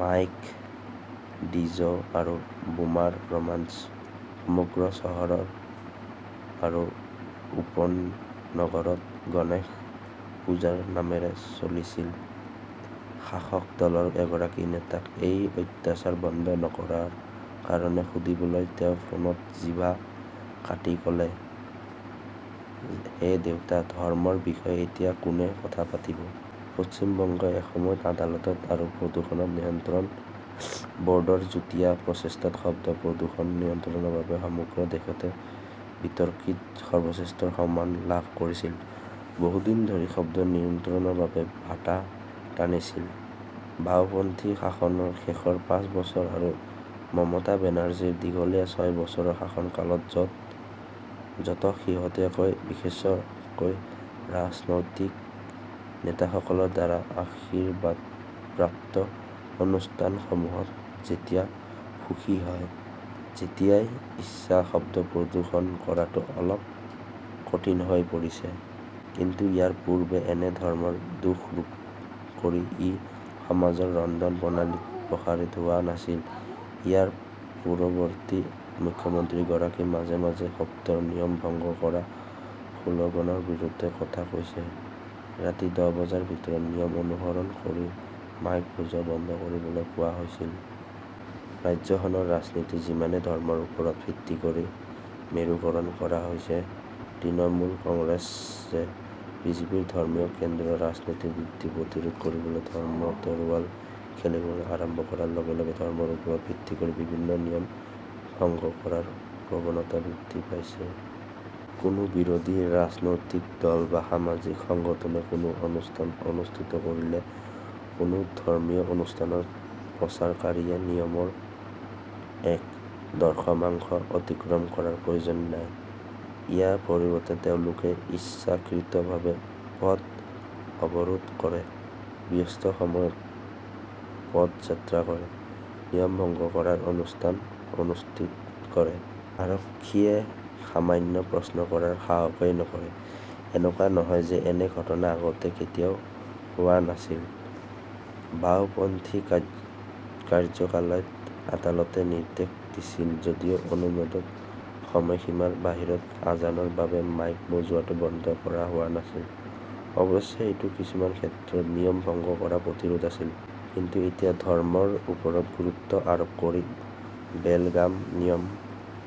Mike, DJ আৰু বোমাৰ ৰোমাঞ্চ সমগ্ৰ চহৰ আৰু উপনগৰত গণেশ পূজাৰ নামেৰে চলিছিল। শাসক দলৰ এগৰাকী নেতাক এই অত্যাচাৰ বন্ধ নকৰাৰ কাৰণ সুধিবলৈ তেওঁ ফোনত জিভা কাটি ক'লে, হে দেউতা! ধৰ্মৰ বিষয়ে এতিয়া কোনে কথা পাতিব? পশ্চিম বংগই এসময়ত আদালত আৰু প্ৰদূষণ নিয়ন্ত্ৰণ বৰ্ডৰ যুটীয়া প্ৰচেষ্টাত শব্দ প্ৰদূষণ নিয়ন্ত্ৰণৰ বাবে সমগ্ৰ দেশতে বিতৰ্কিত সৰ্বশ্ৰেষ্ঠৰ সন্মান লাভ কৰিছিল, বহু দিন ধৰি শব্দ নিয়ন্ত্ৰণৰ বাবে ভাটা টানিছিল। বাওঁপন্থী শাসনৰ শেষৰ পাঁচ বছৰ আৰু মমতা বেনাৰ্জীৰ দীঘলীয়া ছয় বছৰৰ শাসনকালত, য 'ত শেহতীয়াকৈ, বিশেষকৈ ৰাজনৈতিক নেতাসকলৰ দ্বাৰা আশীৰ্বাদপ্ৰাপ্ত অনুষ্ঠানসমূহত, যেতিয়া সুখী হয়, যেতিয়াই ইচ্ছা শব্দ প্ৰদূষণ কৰাটো অলপ কঠিন হৈ পৰিছে। কিন্তু ইয়াৰ পূৰ্বে এনে ধৰ্মৰ দোষাৰোপ কৰি ই সমাজৰ ৰন্ধনপ্ৰণালীত প্ৰসাৰিত হোৱা নাছিল। ইয়াৰ পৰিৱৰ্তে মুখ্যমন্ত্ৰীগৰাকীয়ে মাজে-মাজে শব্দৰ নিয়ম ভংগ কৰা শ্লোগানৰ বিৰুদ্ধে কথা কৈছে। ৰাতি দহ বজাৰ ভিতৰত নিয়ম অনুসৰণ কৰি মাইক বজোৱা বন্ধ কৰিবলৈ কোৱা হৈছিল। ৰাজ্যখনৰ ৰাজনীতি যিমানেই ধৰ্মৰ ওপৰত ভিত্তি কৰি মেৰুকৰণ কৰা হৈছে, তৃণমূল কংগ্ৰেছে বিজেপিৰ ধৰ্মীয় কেন্দ্ৰীয় ৰাজনীতিৰ বৃদ্ধি প্ৰতিৰোধ কৰিবলৈ ধৰ্মৰ তৰোৱাল খেলিবলৈ আৰম্ভ কৰাৰ লগে-লগে ধৰ্মৰ ওপৰত ভিত্তি কৰি বিভিন্ন নিয়ম ভংগ কৰাৰ প্ৰৱণতা বৃদ্ধি পাইছে। কোনো বিৰোধী ৰাজনৈতিক দল বা সামাজিক সংগঠনে কোনো অনুষ্ঠান অনুষ্ঠিত কৰিলে কোনো ধৰ্মীয় অনুষ্ঠানৰ প্ৰচাৰকাৰীয়ে নিয়মৰ এক দশমাংশ অতিক্ৰম কৰাৰ প্ৰয়োজন নাই। ইয়াৰ পৰিৱৰ্তে তেওঁলোকে ইচ্ছাকৃতভাৱে পথ অৱৰোধ কৰে, ব্যস্ত সময়ত পদযাত্ৰা কৰে, নিয়ম ভংগ কৰাৰ অনুষ্ঠান অনুষ্ঠিত কৰে। আৰক্ষীয়ে সামান্য প্ৰশ্ন কৰাৰ সাহসও নকৰে। এনেকুৱা নহয় যে এনে ঘটনা আগতে কেতিয়াও হোৱা নাছিল। বাওঁপন্থী কাৰ্যকালত আদালতে নিৰ্দেশ দিছিল যদিও অনুমোদিত সময়সীমাৰ বাহিৰত আজানৰ বাবে মাইক বজোৱাটো বন্ধ কৰা হোৱা নাছিল। অৱশ্যে, এইটো কিছুমান ক্ষেত্ৰত নিয়ম ভংগ কৰাৰ প্ৰতিৰোধ আছিল। কিন্তু এতিয়া ধৰ্মৰ ওপৰত গুৰুত্ব আৰোপ কৰি বেলগাম নিয়ম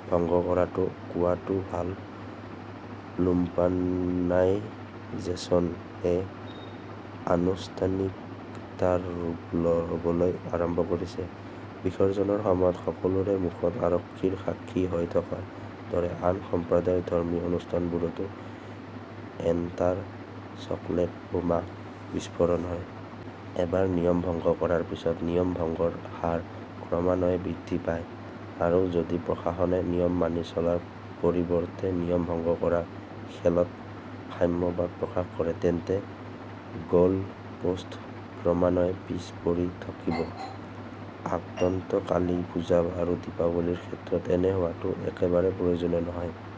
ভংগ কৰাটো, কোৱাটো ভাল, 'লুম্পানাইজেচন -এ আনুষ্ঠানিকতাৰ ৰূপ ল' বলৈ আৰম্ভ কৰিছে। বিসৰ্জনৰ সময়ত সকলোৰে সন্মুখত আৰক্ষীৰ সাক্ষী হৈ থকাৰ দৰে আন সম্প্ৰদায়ৰ ধৰ্মীয় অনুষ্ঠানবোৰতো এনতাৰ চকলেট বোমা বিস্ফোৰণ হয়। এবাৰ নিয়ম ভংগ কৰাৰ পিছত নিয়ম ভংগৰ হাৰ ক্ৰমান্বয়ে বৃদ্ধি পায়। আৰু যদি প্ৰশাসনে নিয়ম মানি চলাৰ পৰিৱৰ্তে নিয়ম ভংগ কৰা খেলত সাম্যবাদ প্ৰকাশ কৰে, তেন্তে গলপোষ্ট ক্ৰমান্বয়ে পিছ পৰি থাকিব। আগন্তুক কালী পূজা আৰু দীপাৱলীৰ ক্ষেত্ৰত এনে হোৱাটো একেবাৰে প্ৰয়োজনীয় নহয়।